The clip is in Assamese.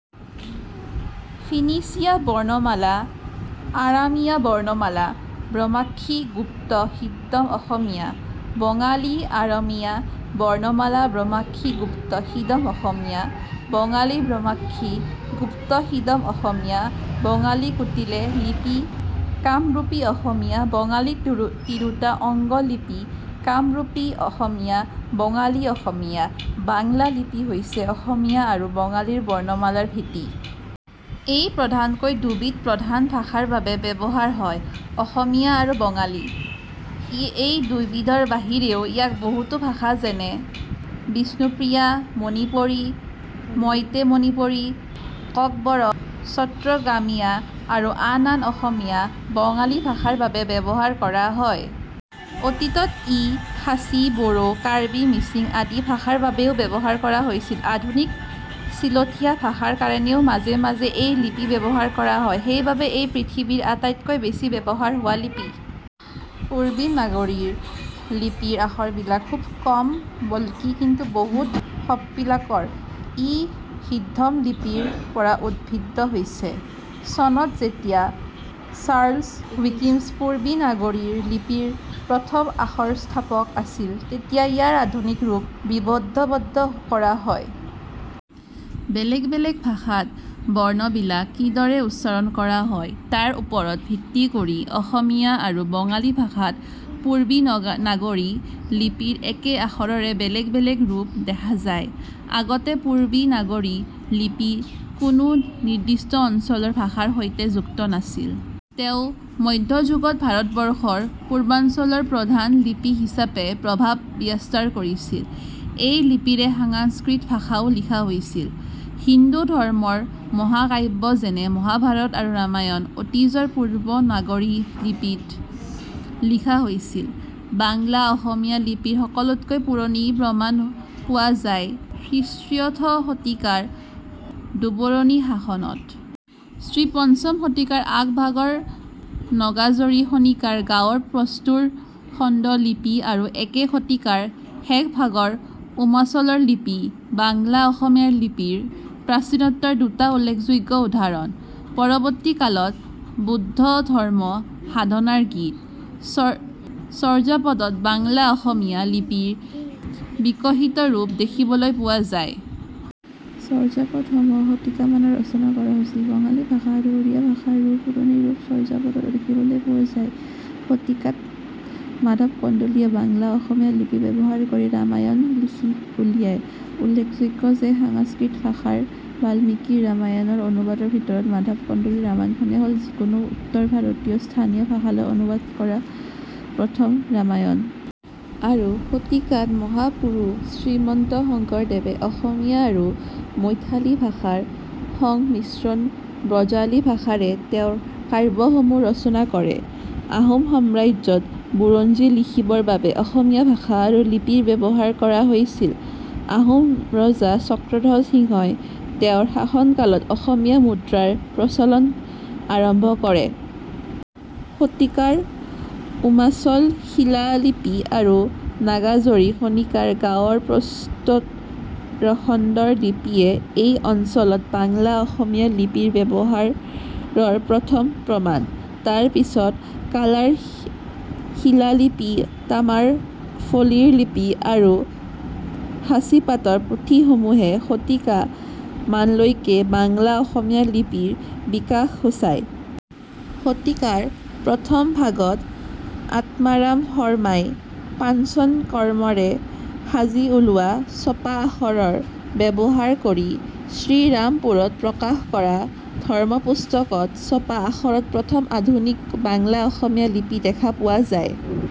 ফিনিছিয়া বৰ্ণমালা আৰামীয়া বৰ্ণমালা ব্ৰমাহ্মী গুপ্ত সিদ্ধম অসমীয়া–বঙালী আৰামীয়া বৰ্ণমালা ব্ৰমাহ্মী গুপ্ত সিদ্ধম অসমীয়া–বঙালী ব্ৰমাহ্মী গুপ্ত সিদ্ধম অসমীয়া–বঙালী কুটিলে লিপি কামৰূপী অসমীয়া বঙালী তিৰুতা অংগ লিপি কামৰূপী অসমীয়া বঙালী অসমীয়া-বাংলা লিপি হৈছে অসমীয়া আৰু বঙালী বৰ্ণমালা ৰ ভেটি। এই প্ৰধানকৈ দুবিধ প্ৰধান ভাষাৰ বাবে ব্যৱহাৰ হয়: অসমীয়া আৰু বঙালী। এই দুইবিধৰ বাহিৰেও ইয়াক বহুতো ভাষা যেনে বিষ্ণুপ্ৰিয়া মণিপুৰী, মইতেই মণিপুৰী, ককবৰক, চট্টগ্ৰামীয়া আৰু আন আন অসমীয়া-বঙালী ভাষা ৰ বাবে ব্যৱহাৰ কৰা হয়। অতীতত ই খাছী, বড়ো, কাৰ্বি, মিছিং আদি ভাষাৰ বাবেও ব্যৱহাৰ কৰা হৈছিল। আধুনিক ছিলঠীয়া ভাষাৰ কাৰণেও মাজে মাজে এই লিপি ব্যৱহাৰ কৰা হয়। সেইবাবে এই পৃথিৱীৰ আটাইতকৈ বেছি ব্যৱহাৰ হোৱা লিপি। পূৰ্বী নাগৰীৰ লিপিৰ আখৰবিলাক খুব কম ব্লকী কিন্তু বহুত সৰ্পিলাকাৰ। ই সিদ্ধম লিপি ৰ পৰা উদ্ভিত হৈছে। চনত যেতিয়া চাৰ্লছ ৱিকিঞ্চ পূৰ্বী নাগৰী লিপিৰ প্ৰথম আখৰস্থাপক আছিল, তেতিয়া ইয়াৰ আধুনিক ৰূপ বিবদ্ধবদ্ধ কৰা হয়। বেলেগ বেলেগ ভাষাত বৰ্ণবিলাক কিদৰে উচ্চাৰণ কৰা হয় তাৰ ওপৰত ভিত্তি কৰি অসমীয়া আৰু বঙালী ভাষাত পূৰ্বী নাগৰী লিপিৰ একে আখৰৰে বেলেগ বেলেগ ৰূপ দেখা যায়। আগতে পূৰ্বী নাগৰী লিপি কোনো নিৰ্দিষ্ট অঞ্চলৰ ভাষাৰ সৈতে যুক্ত নাছিল। তেও মধ্যযুগত ভাৰতবৰ্ষৰ পূৰ্বাঞ্চলৰ প্ৰধান লিপি হিচাপে প্ৰভাৱ বিৰাস্তাৰ কৰিছিল। এই লিপিৰে সাংস্কৃত ভাষাও লিখা হৈছিল। হিন্দু ধৰ্ম ৰ মহাকাব্য যেনেঃ মহাভাৰত আৰু ৰামায়ণ অতীজৰ পূৰ্বী নাগৰী লিপিত লিখা হৈছিল। বাংলা-অসমীয়া লিপিৰ সকলোতকৈ পুৰণি প্ৰমাণ পোৱা যায় খ্ৰীষ্টিয় ৰ্থ- শতিকাৰ ডুবৰণি শাসনত। খ্ৰী:পঞ্চম শতিকাৰ আগভাগৰ নগাজৰী খনিকৰ গাঁৱৰ প্ৰস্তৰ খণ্ড লিপি আৰু একে শতিকাৰ শেষভাগৰ উমাচলৰ লিপি বাংলা-অসমীয়া লিপিৰ প্ৰাচীনত্বৰ দুটা উল্লেখযোগ্য উদাহৰণ। পৰৱৰ্তী কালত বৌদ্ধ ধৰ্ম সাধনাৰ গীত " চৰ্যাপদ ত বাংলা-অসমীয়া লিপিৰ বিকশিত ৰূপ দেখিবলৈ পোৱা যায়। চৰ্যাপদসমূহ - শতিকামানত ৰচনা কৰা হৈছিল। বঙালী ভাষা আৰু উড়িয়া ভাষা ৰো পুৰণি ৰূপ চৰ্যাপদত দেখিবলৈ পোৱা যায়। শতিকাত মাধৱ কন্দলী য়ে বাংলা-অসমীয়া লিপি ব্যৱহাৰ কৰি " ৰামায়ণ " লিখি উলিয়ায়। উল্লেখযোগ্য যে সাংস্কৃত ভাষাৰ বাল্মীকি ৰ ৰামায়ণ ৰ অনুবাদৰ ভিতৰত মাধৱ কন্দলীৰ ৰামায়ণখনেই হ'ল যিকোনো উত্তৰ ভাৰতীয় স্থানীয় ভাষালৈ অনুবাদ কৰা প্ৰথম ৰামায়ণ। আৰু শতিকাত মহাপুৰুষ শ্ৰীমন্ত শঙ্কৰদেৱে অসমীয়া আৰু মৈথালী ভাষাৰ সংমিশ্ৰণ ব্ৰজাৱলী ভাষাৰে তেওঁৰ কাব্যসমূহ ৰচনা কৰে। আহোম সম্ৰাজ্যত বুৰঞ্জী লিখিবৰ বাবে অসমীয়া ভাষা আৰু লিপিৰ ব্যৱহাৰ কৰা হৈছিল। আহোম ৰজা চক্ৰধ্বজ সিংহ ই তেওঁৰ শাসনকালত অসমীয়া মুদ্ৰাৰ প্ৰচলন আৰম্ভ কৰে। শতিকাৰ উমাচল শিলালিপি আৰু নাগাজৰী-খনিকাৰ গাঁৱৰ প্ৰস্তৰখণ্ডৰ লিপিয়েই এই অঞ্চলত বাংলা-অসমীয়া লিপিৰ ব্যৱহাৰৰ প্ৰথম প্ৰমাণ। তাৰ পিছত কালাৰ শিলালিপি, তামাৰ ফলিৰ লিপি আৰু সাঁচিপাত ৰ পুথিসমূহে - শতিকা মানলৈকে বাংলা-অসমীয়া লিপিৰ বিকাশ সূচায়। শতিকাৰ প্ৰথম ভাগত আত্মাৰাম শৰ্মা ই পাঞ্চন কৰ্মৰে সাজি উলোৱা ছপা আখৰৰ ব্যৱহাৰ কৰি শ্ৰীৰামপুৰত প্ৰকাশ কৰা ' ধৰ্মপুস্তক ' ত ছপা আখৰত প্ৰথম আধুনিক বাংলা-অসমীয়া লিপি দেখা পোৱা যায়।